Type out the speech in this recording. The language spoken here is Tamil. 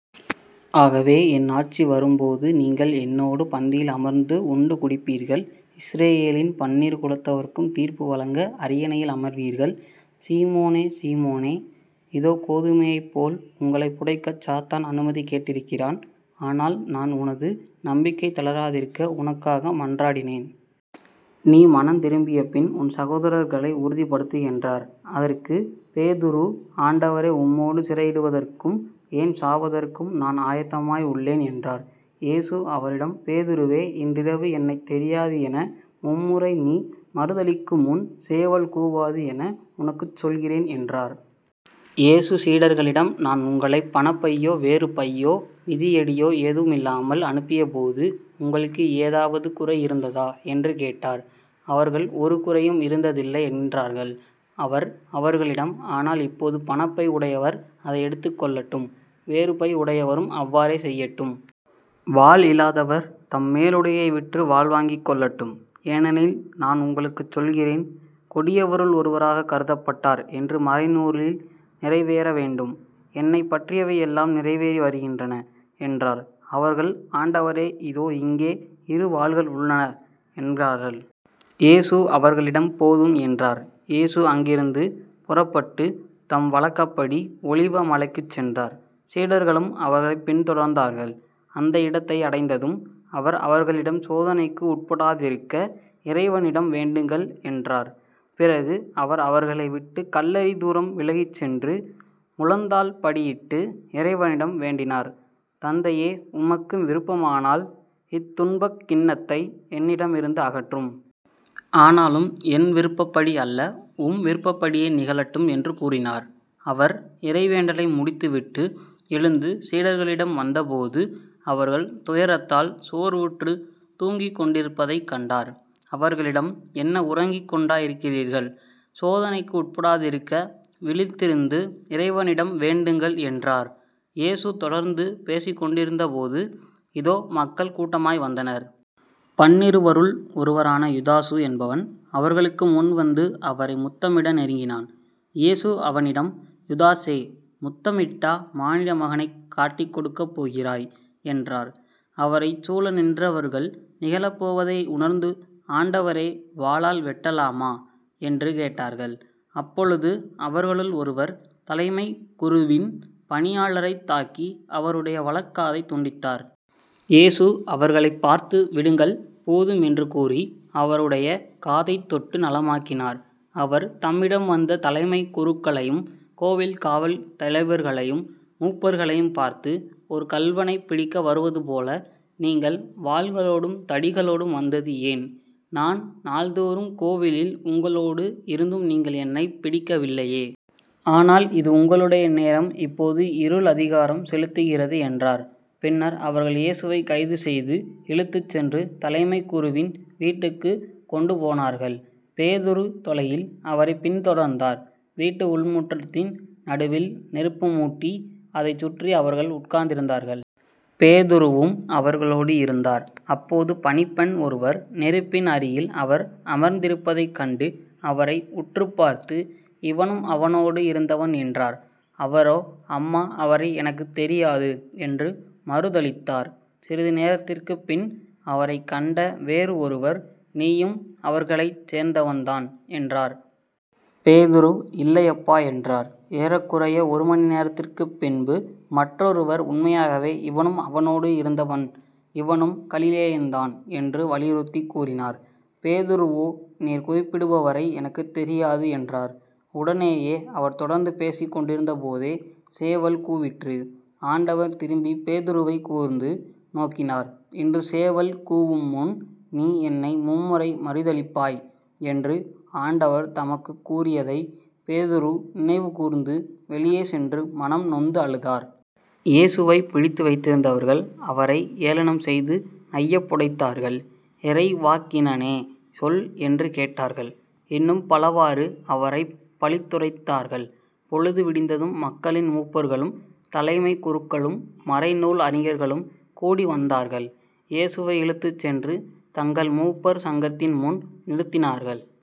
ஆகவே என் ஆட்சி வரும்போது நீங்கள் என்னோடு பந்தியில் அமர்ந்து உண்டு குடிப்பீர்கள் இஸ்ரயேலின் பன்னிரு குலத்தவருக்கும் தீர்ப்பு வழங்க அரியணையில் அமர்வீர்கள். சீமோனே சீமோனே இதோ கோதுமையைப்போல் உங்களைப் புடைக்கச் சாத்தான் அனுமதி கேட்டிருக்கிறான். ஆனால் நான் உனது நம்பிக்கை தளராதிருக்க உனக்காக மன்றாடினேன். நீ மனந்திரும்பியபின் உன் சகோதரர்களை உறுதிப்படுத்து என்றார். அதற்கு பேதுரு ஆண்டவரே உம்மோடு சிறையிடப்படுவதற்கும் ஏன் சாவதற்கும் நான் ஆயத்தமாய் உள்ளேன் என்றார். இயேசு அவரிடம் பேதுருவே இன்றிரவு என்னைத் தெரியாது என மும்முறை நீ மறுதலிக்குமுன் சேவல் கூவாது என உனக்குச் சொல்கிறேன் என்றார். இயேசு சீடர்களிடம் நான் உங்களைப் பணப்பையோ வேறுபையோ மிதியடியோ எதுவுமில்லாமல் அனுப்பியபோது உங்களுக்கு ஏதாவது குறை இருந்ததா? என்று கேட்டார். அவர்கள் ஒரு குறையும் இருந்ததில்லை என்றார்கள். அவர் அவர்களிடம் ஆனால் இப்போது பணப்பை உடையவர் அதை எடுத்துக் கொள்ளட்டும் வேறு பை உடையவரும் அவ்வாறே செய்யட்டும். வாள் இல்லாதவர் தம் மேலுடையை விற்று வாள் வாங்கிக் கொள்ளட்டும். ஏனெனில் நான் உங்களுக்குச் சொல்கிறேன் கொடியவருள் ஒருவராகக் கருதப்பட்டார் என்று மறைநூலில் நிறைவேற வேண்டும். என்னைப் பற்றியவை எல்லாம் நிறைவேறி வருகின்றன என்றார். அவர்கள் ஆண்டவரே இதோ இங்கே இரு வாள்கள் உள்ளன என்றார்கள். இயேசு அவர்களிடம் போதும் என்றார். இயேசு அங்கிருந்து புறப்பட்டுத் தம் வழக்கப்படி ஒலிவ மலைக்குச் சென்றார். சீடர்களும் அவரைப் பின் தொடர்ந்தார்கள். அந்த இடத்தை அடைந்ததும் அவர் அவர்களிடம் சோதனைக்கு உட்படாதிருக்க இறைவனிடம் வேண்டுங்கள் என்றார். பிறகு அவர் அவர்களை விட்டுக் கல்லெறிதூரம் விலகிச் சென்று முழந்தாள்படியிட்டு இறைவனிடம் வேண்டினார் தந்தையே உமக்கு விருப்பமானால் இத்துன்பக் கிண்ணத்தை என்னிடமிருந்து அகற்றும். ஆனாலும் என் விருப்பப்படி அல்ல உம் விருப்பப்படியே நிகழட்டும் என்று கூறினார். அவர் இறைவேண்டலை முடித்துவிட்டு எழுந்து சீடர்களிடம் வந்தபோது அவர்கள் துயரத்தால் சோர்வுற்றுத் தூங்கிக்கொண்டிருப்பதைக் கண்டார். அவர்களிடம் என்ன உறங்கிக் கொண்டா இருக்கிறீர்கள்? சோதனைக்கு உட்படாதிருக்க விழித்திருந்து இறைவனிடம் வேண்டுங்கள் என்றார். இயேசு தொடர்ந்து பேசிக் கொண்டிருந்தபோது இதோ மக்கள் கூட்டமாய் வந்தனர். பன்னிருவருள் ஒருவனான யூதாசு என்பவன் அவர்களுக்குமுன் வந்து அவரை முத்தமிட நெருங்கினான். இயேசு அவனிடம் யூதாசே முத்தமிட்டா மானிட மகனைக் காட்டிக் கொடுக்கப் போகிறாய்? என்றார். அவரைச் சூழ நின்றவர்கள் நிகழப்போவதை உணர்ந்து ஆண்டவரே வாளால் வெட்டலாமா? என்று கேட்டார்கள். அப்பொழுது அவர்களுள் ஒருவர் தலைமைக் குருவின் பணியாளரைத் தாக்கி அவருடைய வலக் காதைத் துண்டித்தார். இயேசு அவர்களைப் பார்த்து விடுங்கள் போதும் என்று கூறி அவருடைய காதைத் தொட்டு நலமாக்கினார். அவர் தம்மிடம் வந்த தலைமைக் குருக்களையும் கோவில் காவல் தலைவர்களையும் மூப்பர்களையும் பார்த்து ஒரு கள்வனைப் பிடிக்க வருவதுபோல நீங்கள் வாள்களோடும் தடிகளோடும் வந்தது ஏன்? நான் நாள்தோறும் கோவிலில் உங்களோடு இருந்தும் நீங்கள் என்னைப் பிடிக்கவில்லையே. ஆனால் இது உங்களுடைய நேரம் இப்போது இருள் அதிகாரம் செலுத்துகிறது என்றார். பின்னர் அவர்கள் இயேசுவைக் கைதுசெய்து இழுத்துச் சென்று தலைமைக் குருவின் வீட்டுக்குக் கொண்டு போனார்கள். பேதுரு தொலையில் அவரைப் பின்தொடர்ந்தார். வீட்டு உள்முற்றத்தின் நடுவில் நெருப்பு முட்டி அதைச் சுற்றி அவர்கள் உட்கார்ந்திருந்தார்கள். பேதுருவும் அவர்களோடு இருந்தார். அப்போது பணிப்பெண் ஒருவர் நெருப்பின் அருகில் அவர் அமர்ந்திருப்பதைக் கண்டு அவரை உற்றுப்பார்த்து இவனும் அவனோடு இருந்தவன் என்றார். அவரோ அம்மா அவரை எனக்குத் தெரியாது என்று மறுதலித்தார். சிறிது நேரத்திற்குப்பின் அவரைக் கண்ட வேறு ஒருவர் நீயும் அவர்களைச் சேர்ந்தவன்தான் என்றார். பேதுரு இல்லையப்பா என்றார். ஏறக்குறைய ஒரு மணிநேரத்திற்கு பின்பு மற்றொருவர் உண்மையாகவே இவனும் அவனோடு இருந்தான் இவனும் கலிலேயன்தான் என்று வலியுறுத்திக் கூறினார். பேதுருவோ நீர் குறிப்பிடுபவரை எனக்குத் தெரியாது என்றார். உடனேயே அவர் தொடர்ந்து பேசிக் கொண்டிருந்தபோதே சேவல் கூவிற்று. ஆண்டவர் திரும்பி பேதுருவைக் கூர்ந்து நோக்கினார் இன்று சேவல் கூவுமுன் நீ என்னை மும்முறை மறுதலிப்பாய் என்று ஆண்டவர் தமக்குக் கூறியதைப் பேதுரு நினைவுகூர்ந்து வெளியே சென்று மனம் நொந்து அழுதார். இயேசுவைப் பிடித்துவைத்திருந்தவர்கள் அவரை ஏளனம் செய்து நையப்புடைத்தார்கள். இறைவாக்கினனே சொல் என்று கேட்டார்கள். இன்னும் பலவாறு அவரைப் பழித்துரைத்தார்கள். பொழுது விடிந்ததும் மக்களின் மூப்பர்களும் தலைமைக்குருக்களும் மறைநூல் அறிஞர்களும் கூடிவந்தார்கள் இயேசுவை இழுத்துச் சென்று தங்கள் மூப்பர் சங்கத்தின்முன் நிறுத்தினார்கள்.